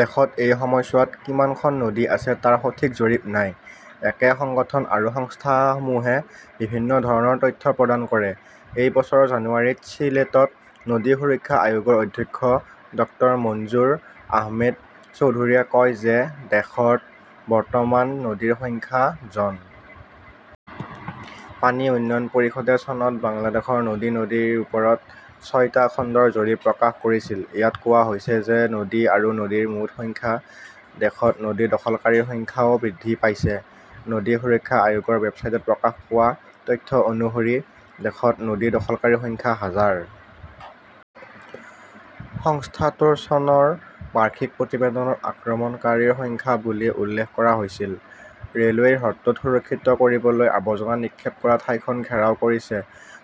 দেশত এই সময়ছোৱাত কিমানখন নদী আছে তাৰ সঠিক জৰীপ নাই। একে সংগঠন আৰু সংস্থাসমূহে বিভিন্ন ধৰণৰ তথ্য প্ৰদান কৰে। এই বছৰৰ জানুৱাৰীত চিলেটত নদী সুৰক্ষা আয়োগৰ অধ্যক্ষ ড মঞ্জুৰ আহমেদ চৌধুৰীয়ে কয় যে দেশত বৰ্তমান নদীৰ সংখ্যা জন। পানী উন্নয়ন পৰিষদে চনত বাংলাদেশৰ নদী-নদীৰ ওপৰত ছয়টা খণ্ডৰ জৰীপ প্ৰকাশ কৰিছিল। ইয়াত কোৱা হৈছে যে নদী আৰু নদীৰ মুঠ সংখ্যা। দেশত নদী দখলকাৰীৰ সংখ্যাও বৃদ্ধি পাইছে। নদী সুৰক্ষা আয়োগৰ ৱেবছাইটত প্ৰকাশ পোৱা তথ্য অনুসৰি দেশত নদী দখলকাৰীৰ সংখ্যা হাজাৰ। সংস্থাটোৰ চনৰ বাৰ্ষিক প্ৰতিবেদনত আক্ৰমণকাৰীৰ সংখ্যা বুলি উল্লেখ কৰা হৈছিল। ৰে "লৱেই হ্ৰদটো সুৰক্ষিত কৰিবলৈ আৱৰ্জনা নিক্ষেপ কৰা ঠাইখন ঘেৰাও কৰিছে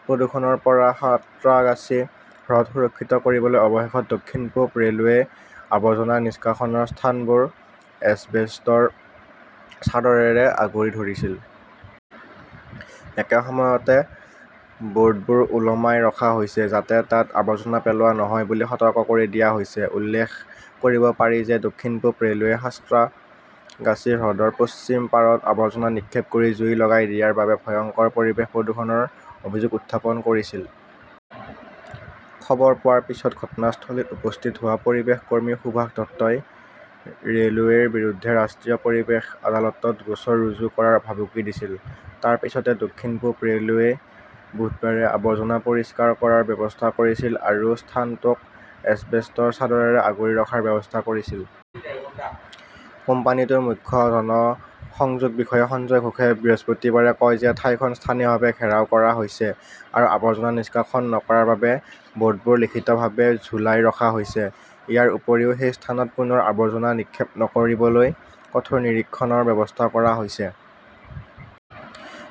প্ৰদূষণৰ পৰা সাঁত্ৰাগাছী হ্ৰদ সুৰক্ষিত কৰিবলৈ অৱশেষত দক্ষিণ-পূব ৰে 'লৱে আবৰ্জনা নিষ্কাশনৰ স্থানবোৰ এছবেষ্টৰ চাদৰেৰে আগুৰি ধৰিছিল। একে সময়তে, ব "ৰ্ডবোৰ ওলমাই ৰখা হৈছে, যাতে তাত আৱৰ্জনা পেলোৱা নহয় বুলি সতৰ্ক কৰি দিয়া হৈছে। উল্লেখ কৰিব পাৰি যে দক্ষিণ-পূব ৰে 'লৱেই সাঁত্ৰাগাছী হ্ৰদৰ পশ্চিম পাৰত আৱৰ্জনা নিক্ষেপ কৰি জুই লগাই দিয়াৰ বাবে ভয়ংকৰ পৰিৱেশ প্ৰদূষণৰ অভিযোগ উত্থাপন কৰিছিল। খবৰ পোৱাৰ পিছত ঘটনাস্থলীত উপস্থিত হোৱা পৰিৱেশ কৰ্মী সুভাষ দত্তই ৰে "লৱেৰ বিৰুদ্ধে ৰাষ্ট্ৰীয় পৰিৱেশ আদালতত গোচৰ ৰুজু কৰাৰ ভাবুকি দিছিল। তাৰ পিছতে দক্ষিণ-পূব ৰে 'লৱে বুধবাৰে আৱৰ্জনা পৰিষ্কাৰ কৰাৰ ব্যৱস্থা কৰিছিল আৰু স্থানটোক এছবেষ্টৰ চাদৰেৰে আগুৰি ৰখাৰ ব্যৱস্থা কৰিছিল। কোম্পানীটোৰ মুখ্য জনসংযোগ বিষয়া সঞ্জয় ঘোষে বৃহস্পতিবাৰে কয় যে ঠাইখন স্থায়ীভাৱে ঘেৰাও কৰা হৈছে আৰু আৱৰ্জনা নিষ্কাশন নকৰাৰ বাবে বোৰ্ডবোৰ লিখিতভাৱে ঝুলাই ৰখা হৈছে। ইয়াৰ উপৰিও, সেই স্থানত পুনৰ আৱৰ্জনা নিক্ষেপ নকৰিবলৈ কঠোৰ নিৰীক্ষণৰ ব্যৱস্থা কৰা হৈছে।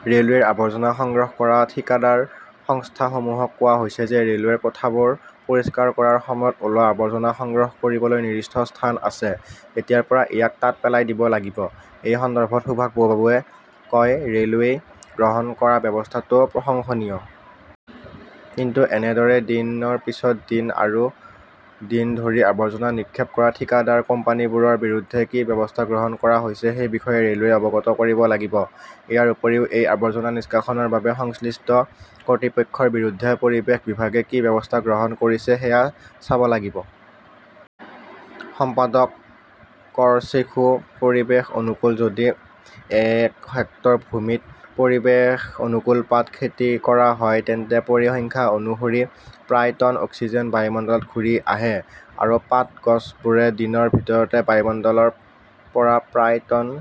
"ৰে" লৱেৰ আৱৰ্জনা সংগ্ৰহ কৰা ঠিকাদাৰ সংস্থাসমূহক কোৱা হৈছে যে ৰে "লৱেৰ কোঠাবোৰ পৰিষ্কাৰ কৰাৰ সময়ত ওলোৱা আৱৰ্জনা সংগ্ৰহ কৰিবলৈ নিৰ্দিষ্ট স্থান আছে। এতিয়াৰ পৰা ইয়াক তাত পেলাই দিব লাগিব। "এই সন্দৰ্ভত সুভাষ বাবুৱে কয়", ৰে "লৱেই গ্ৰহণ কৰা ব্যৱস্থাটো প্ৰশংসনীয়। কিন্তু এনেদৰে দিনৰ পিছত দিন আৰু দিন ধৰি আৱৰ্জনা নিক্ষেপ কৰা ঠিকাদাৰ কোম্পানীবোৰৰ বিৰুদ্ধে কি ব্যৱস্থা গ্ৰহণ কৰা হৈছে সেই বিষয়ে ৰে "লৱেই অৱগত কৰিব লাগিব। ইয়াৰ উপৰিও, এই আৱৰ্জনা নিষ্কাশনৰ বাবে সংশ্লিষ্ট কৰ্তৃপক্ষৰ বিৰুদ্ধে পৰিৱেশ বিভাগে কি ব্যৱস্থা গ্ৰহণ কৰিছে সেয়া চাব লাগিব। "। সম্পাদক কৰচেশুঃ পৰিৱেশ-অনুকূল যদি এক হেক্টৰ ভূমিত পৰিৱেশ-অনুকূল পাট খেতি কৰা হয়, তেন্তে পৰিসংখ্যা অনুসৰি প্ৰায় টন অক্সিজেন বায়ুমণ্ডলত ঘূৰি আহে, আৰু পাট গছবোৰে দিনৰ ভিতৰত বায়ুমণ্ডলৰ পৰা প্ৰায় টন